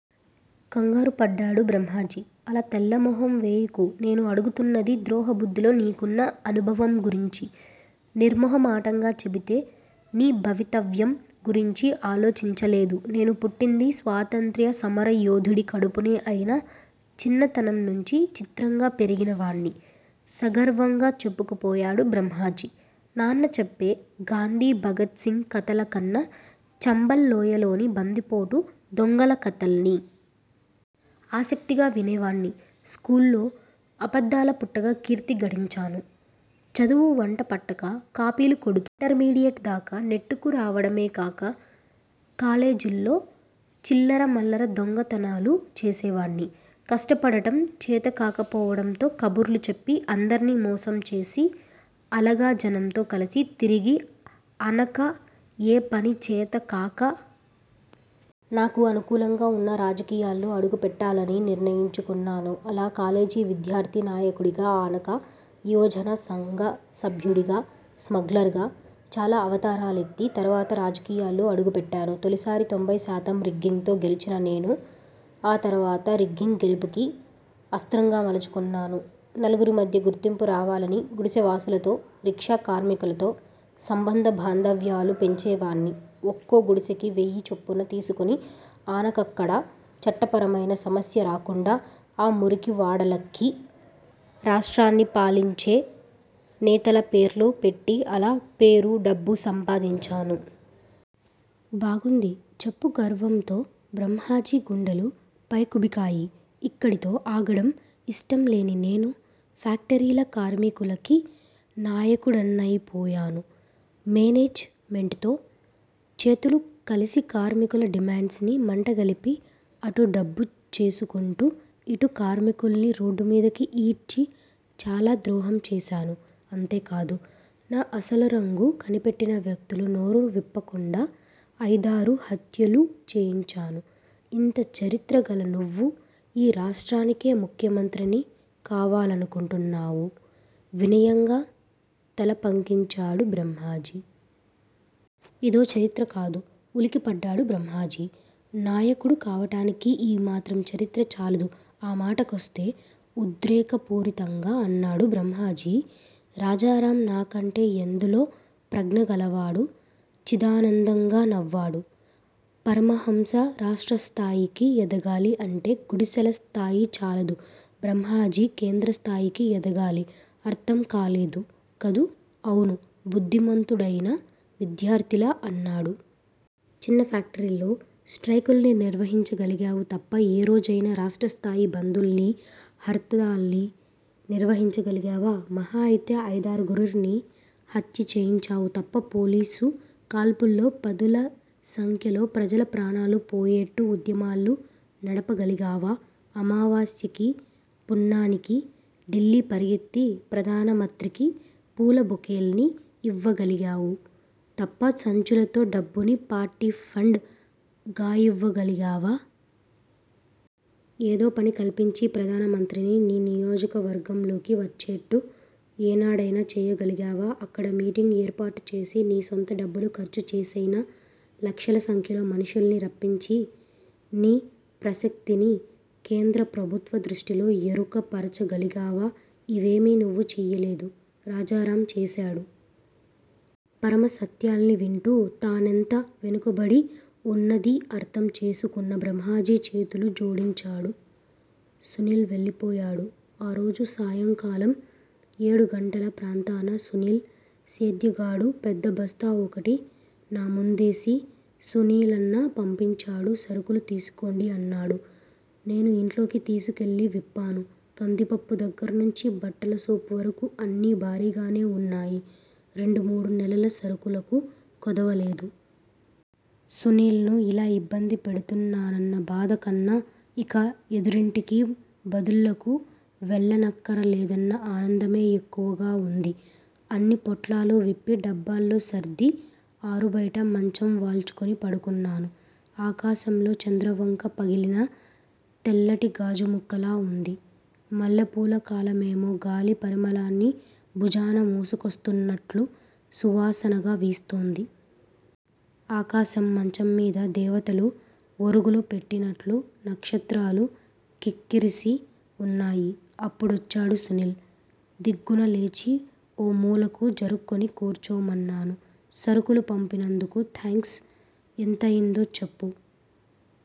కంగారుపడ్డాడు బ్రహ్మాజీ. అలాతెల్లమొహంవేయకు నేను అడుగుతున్నది ద్రోహ బుద్దిలో నీకున్న అనుభవంగురించి నిర్మొహమాటంగాచెబితే నీభవితవ్యం గురించి ఆలోచించలేదు నేనుపుట్టింది స్వాతంత్ర్యసమరయోధుడి కడుపునే అయినా చిన్నతనంనుంచి చిత్రంగా పెరిగినవాడ్ని సగర్వంగా చెప్పుకు పోయాడు బ్రహ్మాజీ, నాన్న చెప్పే గాంధిభగత్ సింగ్ కథలకన్నా చంబల్ లోయలోని బందిపోటు దొంగలకథల్ని ఆసక్తిగా వినేవాడ్ని స్కూల్లో అబద్దాల పుట్టగా కీర్తి గడించాను చదువువంటపట్టక కాపీలు కొడుతూ ఇంటర్ మీడియెట్ దాకా నెట్టుకురావడమే కాక కాలేజీల్లో చిల్లరమల్లర దొంగతనాలూ చేసేవాడ్ని కష్టపడడం చేతకాకపోవడంతో కబుర్లు చెప్పి అందర్నీ మోసం చేసి అలగాజనంతో కలిసి తిరిగి అనక ఏ పనిచేత కాక నాకు అనుకూలంగావున్న రాజకీయాల్లో అడుగు పెట్టాలని నిర్ణయించుకున్నాను అలా కాలేజీ విద్యార్ధినాయకుడిగా ఆనక యువజనసంఘ సభ్యుడిగా స్మగ్లర్ గా చాలా అవతారాలెత్తి, తర్వాత రాజకీయాల్లో అడుగు పెట్టాను తొలిసారి తొంభైశాతం రిగ్గింగ్ తో గెలిచినా నేను ఆ తర్వాత రిగ్గింగ్ గెలుపుకి అస్త్రంగా మలచుకున్నాను, నలుగురి మధ్యగుర్తింపు రావాలని గుడిసెవాసులతో, రిక్షా కార్మికులతో సంబంధ బాంధవ్యాలు పెంచేవాడ్ని ఒక్కో గుడిసెకి వెయ్యి చొప్పున తీసుకుని ఆనకక్కడ చట్టపరమైన సమస్య రాకుండా ఆ మురికివాడలకి రాష్ట్రాల్నిపాలించే నేతలపేర్లు పెట్టి అలా పేరూడబ్బూ సంపాదించాను. బాగుంది చెప్పు గర్వంతో బ్రహ్మాజీగుండెలు పైకుబికాయి ఇక్కడితో ఆగడం యిష్టంలేనినేను ఫ్యాక్టరీల కార్మికులకి నాయకుడ్నయిపోయాను మేనేజ్ మెంట్ తో చేతులు కలిసికార్మికుల డిమాండ్స్ ని మంటగలిపి అటుడబ్బు చేసుకుంటూ ఇటు కార్మికుల్ని రోడ్డుమీదకి ఈడ్చి చాలా ద్రోహం చేశాను. అంతేకాదు, నా అసలు రంగు కనిపెట్టినవ్యక్తులు నోరు విప్పకుండా అయిదారు హత్యలూచేయించాను ఇంతచరిత్ర గల నువ్వు యీ రాష్ట్రానికే ముఖ్యమంత్రిని కావాలనుకుంటున్నావు వినయంగా తలపంకించాడు బ్రహ్మాజీ. ఇదోచరిత్ర కాదు ఉలికిపడ్డాడు బ్రహ్మాజీ నాయకుడుకావటానికి యీ మాత్రంచరిత్ర చాలదు, ఆమాటకొస్తే ఉద్రేకపూరితంగా అన్నాడు బ్రహ్మాజీ రాజారాం నాకంటే ఎందులో ప్రజ్ఞ గలవాడు చిదానందంగా నవ్వాడు పరమహంస రాష్ట్రస్థాయికి ఎదగాలి అంటే గుడిసెల స్థాయిచాలదు బ్రహ్మాజీ కేంద్రస్థాయికి ఎదగాలి. అర్ధం కాలేదు కదూ అవును బుద్దిమంతుడైన విద్యార్ధిలా అన్నాడు. చిన్న ఫేక్టరీల్లో స్ట్రయికుల్ని నిర్వహించగాలిగావు తప్ప ఏ రోజయినా రాష్ట్రస్థాయి బందుల్నీ, హర్తాళ్ళని నిర్వహించగలిగావా మహా అయితే అయిదారుగుర్ని హత్యచేయించావు తప్ప పోలీసు కాల్పుల్లో పదుల సంఖ్యలో ప్రజల ప్రాణాలు పోయేట్టు ఉద్యమాలు నడపగలిగావా? అమావాస్యకి పున్నానికి ఢిల్లీ పరిగెత్తి ప్రధానమత్రికి పూలబొకేల్ని యివ్వగలిగావు తప్ప సంచులతో డబ్బుని పార్టీ ఫండ్ గాయివ్వగలిగావా? ఏదో పని కల్పించి ప్రధాన మంత్రిని నీ నియోజకవర్గంలోకి వచ్చేట్టు ఏనాడైనా చేయగలిగావా అక్కడ మీటింగ్ ఏర్పాటు చేసి నీ సొంత డబ్బులు ఖర్చుచేసైనా లక్షల సంఖ్యలో మనుష్యుల్ని రప్పించి నీ ప్రశస్తిని కేంద్రప్రభుత్వ దృష్టిలో ఎరుక పరచగలిగావా ఇవేమీ నువ్వు చెయ్యలేదు. రాజారాం చేశాడు. పరమసత్యాల్ని వింటూ తానెంత వెనుకబడి వున్నదీఅర్ధం చేసుకున్న బ్రహ్మాజీ చేతులు జోడించాడు. సునీల్ వెళ్ళిపోయాడు. ఆరోజు సాయంకాలం ఏడుగంటల ప్రాంతాన సునీల్ సేద్యగాడు పెద్దబస్తా ఒకటి నాముందేసి సునీలన్న పంపించాడు సరుకులు తీసుకోండి అన్నాడు. నేను ఇంట్లోకి తీసుకెళ్ళి విప్పాను. కందిపప్పు దగ్గర్నుంచి, బట్టల సోప్ వరకు అన్నీ భారీగానే వున్నాయి రెండు మూడు నెలల సరుకులకు కొదవలేదు. సునీల్ ను ఇలా ఇబ్బంది పెడుతున్నానన్న బాధ కన్నా ఇక ఎదురింటికి బదుళ్ళకు వెళ్ళక్కరలేదన్న ఆనందమే ఎక్కువగా వుంది. అన్ని పొట్లాలు విప్పి, డబ్బాల్లో సర్ది ఆరుబయట మంచం వాల్చుకుని పడుకున్నాను. ఆకాశంలో చంద్రవంక పగిలిన తెల్లటిగాజు ముక్కలా వుంది. మల్లెపూల కాలమేమో గాలి పరిమళాన్ని భుజాన మోసుకొస్తున్నట్లు సువాసనగా వీస్తోంది. ఆకాశం మంచంమీద దేవతలు ఒరుగులు పెట్టినట్లు నక్షత్రాలు క్రిక్కిరిసి వున్నాయి. అప్పుడొచ్చాడు సునీల్, దిగ్గునలేచి ఓమూలకు జరుక్కొని కూర్చోమన్నాను. సరుకులు పంపినందుకు థ్యాంక్స్ ఎంతయిందో చెప్పు